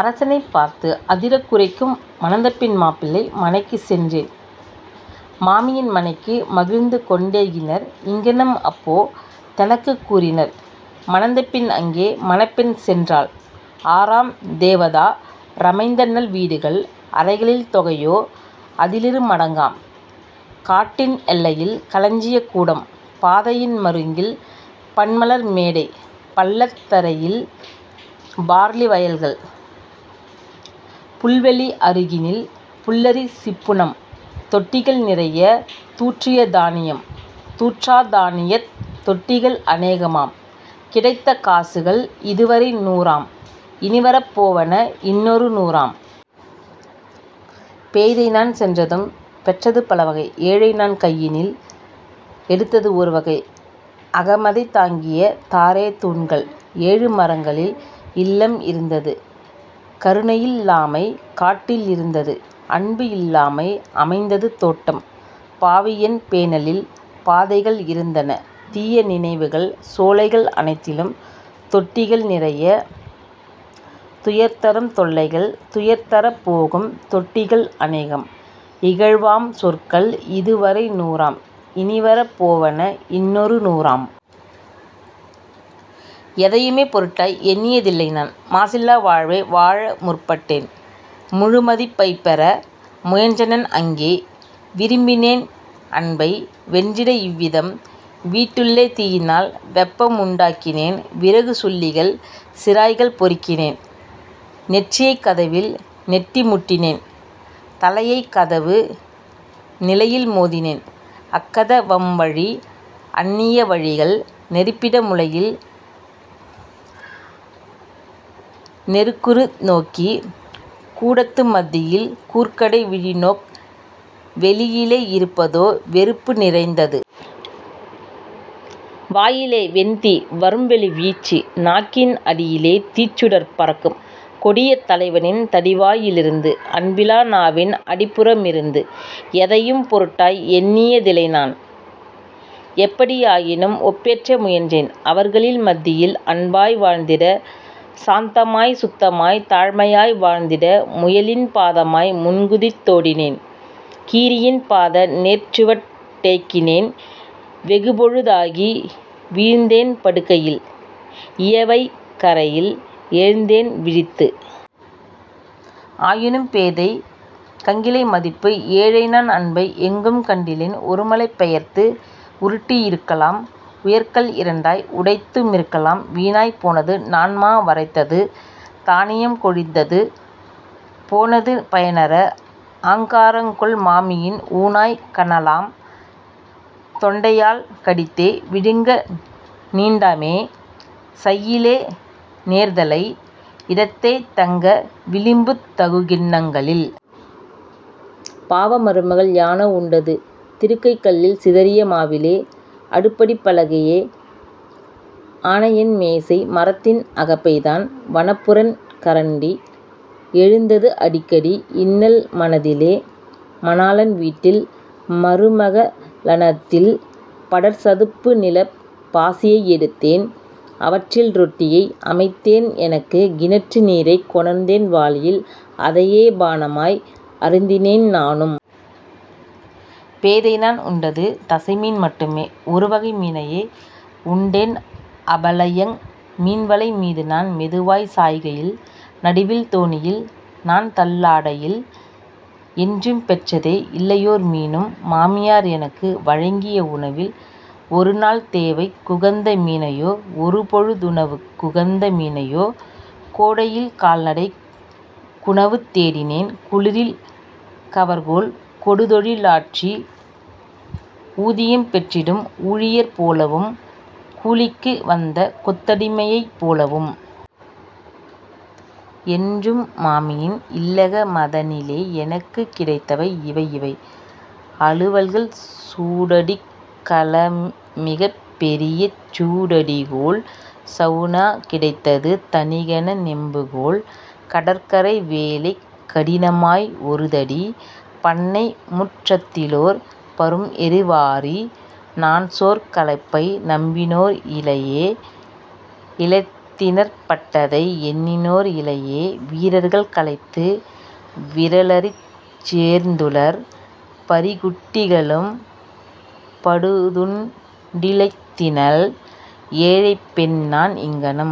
அரசெனைப் பார்த்து அதிரக் குரைக்கும். மணந்தபின் மாப்பிள்ளை மனைக்குச் சென்றேன் மாமியின் மனைக்கு மகிழ்ந்துகொண் டேகினர் இங்ஙனம் அப்போ தெனக்குக் கூறினர் மணந்தபின் அங்கே மணப்பெண் சென்றால் ஆறாம் தேவதா ரமைத்தநல் வீடுகள் அறைகளின் தொகையோ அதிலிரு மடங்காம் காட்டின் எல்லையில் களஞ்சியக் கூடம் பாதையின் மருங்கில் பன்மலர் மேடை பள்ளத் தரையில் பார்லி வயல்கள் புல்வெளி யருகினில் புல்லரி சிப்புனம் தொட்டிகள் நிறையத் தூற்றிய தானியம் தூற்றாத் தானியத் தொட்டிகள் அனேகமாம் கிடைத்த காசுகள் இதுவரை நூறாம் இனிவரப் போவன இன்னொரு நூறாம். பேதைநான் சென்றதும் பெற்றது பலவகை ஏழைநான் கையினில் எடுத்தது ஒருவகை. அகமதைத் தாங்கிய தாறே தூண்கள் ஏழு மரங்களில் இல்லம் இருந்தது கருணையில் லாமை காட்டில் இருந்தது அன்புஇல் லாமை அமைந்தது தோட்டம் பாவியென் பேணலில் பாதைகள் இருந்தன தீய நினைவுகள் சோலைகள் அனைத்திலும் தொட்டிகள் நிறையத் துயர்தரும் தொல்லைகள் துயர்தரப் போகும் தொட்டிகள் அனேகம் இகழ்வாம் சொற்கள் இதுவரை நூறாம் இனிவரப் போவன இன்னொரு நூறாம். எதையுமே பொருட்டாய் எண்ணிய தில்லைநான் மாசில்லா வாழ்வை வாழமுற் பட்டேன் முழுமதிப் பைப்பெற முயன்றனன் அங்கே விரும்பினேன் அன்பை வென்றிட இவ்விதம் வீட்டுள்ளே தீயினால் வெப்பமுண் டாக்கினேன் விறகுச் சுள்ளிகள் சிராய்கள் பொறுக்கினேன் நெற்றியைக் கதவில் நெட்டி முட்டினேன் தலையைக் கதவு நிலையில் மோதினேன். அக்கத வம்வழி அன்னிய விழிகள் நெருப்பிட மூலையில் நெருக்குறு நோக்கு கூடத்து மத்தியில் கூர்கடை விழிநோக் வெளியிலே இருப்பதோ வெறுப்பு நிறைந்தது. வாயிலே வெந்தீ வரும்வெளி வீச்சு நாக்கின் அடியிலே தீச்சுடர் பறக்கும் கொடிய தலைவனின் தடிவா யிருந்து அன்பிலா நாவின் அடிப்புற மிருந்து. எதையும் பொருட்டாய் எண்ணிய திலைநான் எப்படி யாயினும் ஒப்பேற்ற முயன்றேன் அவர்களின் மத்தியில் அன்பாய் வாழ்ந்திட சாந்தமாய் சுத்தமாய் தாழ்மையாய் வாழ்ந்திட. முயலின் பாதமாய் முன்குதித் தோடினேன் கீரியின் பாத நேர்சுவட் டேகினேன் வெகுபொழு தாகி வீழ்ந்தேன் படுக்கையில் இயைவை கறையில் எழுந்தேன் விழித்து. ஆயினும் பேதைக் கங்கிலை மதிப்பு ஏழைநான் அன்பை எங்கும் கண்டிலேன் ஒருமலை பெயர்த்து உருட்டி யிருக்கலாம் உயர்கல் இரண்டாய் உடைத்து மிருக்கலாம். வீணாய் போனது நான்மா வரைத்தது தானியம் கொழித்தது போனது பயனற ஆங்கா ரங்கொள் மாமியின் ஊணாய் கனலாம் தொண்டையால் கடித்தே விழுங்க நீண்டமே சையிலே நேர்தலை யிடத்தே தங்க விளிம்புத் தகுகிண் ணங்களில். பாவ மருமகள் யானோ உண்டது திருகைக் கல்லில் சிதறிய மாவிலே அடுப்படிப் பலகையே ஆனஎன் மேசை மரத்தின் அகப்பைதான் வனப்புறென் கரண்டி. எழுந்தது அடிக்கடி இன்னல் மனதிலே மணாளன் வீட்டில் மருமக ளானதில் படர்சதுப் புநிலப் பாசியை எடுத்தேன் அவற்றில் ரொட்டியை அமைத்தேன் எனக்கு கிணற்று நீரைக் கொணர்ந்தேன் வாளியில் அதையே பானமாய் அருந்தினேன் நானும். பேதைநான் உண்டது தசைமீன் மட்டுமே ஒருவகை மீனையே உண்டேன் அபலையங் மீன்வலை மீதுநான் மெதுவாய்ச் சாய்கையில் நடுவில் தோணியில் நான்தள் ளாடையில். என்றும் பெற்றதே இல்லையோர் மீனும் மாமியார் எனக்கு வழங்கிய உணவில் ஒருநாள் தேவைக் குகந்த மீனினையோ ஒருபொழு துணவுக் குகந்த மீனினையோ. கோடையில் கால்நடைக் குணவு தேடினேன் குளிரில் கவர்க்கோல் கொடுதொழி லாற்றி ஊதியம் பெற்றிடும் ஊழியர் போலவும் கூலிக்கு வந்தகொத் தடிமையைப் போலவும். என்றும் மாமியின் இல்லக மதனிலே எனக்குக் கிடைத்தவை இவையிவை அலுவல்கள் சூடடிக் களம்மிகப் பெரியசூ டடிக்கோல் சவுனா கிடைத்தது தனிக்கன நெம்புகோல் கடற்கரை வேலைக் கடினமாய் ஒருதடி பண்ணைமுற் றத்திலோர் பரும்எரு வாரி நான்சோர் களைப்பை நம்பினோர் இலையே இளைத்தினற் பட்டதை எண்ணினோர் இலையே வீரர்கள் களைத்து விறலறச் சோர்ந்துளர் பரிக்குட் டிகளும் படுவதுண் டிளைத்தினல். ஏழைப்பெண்நான் இங்ஙனம்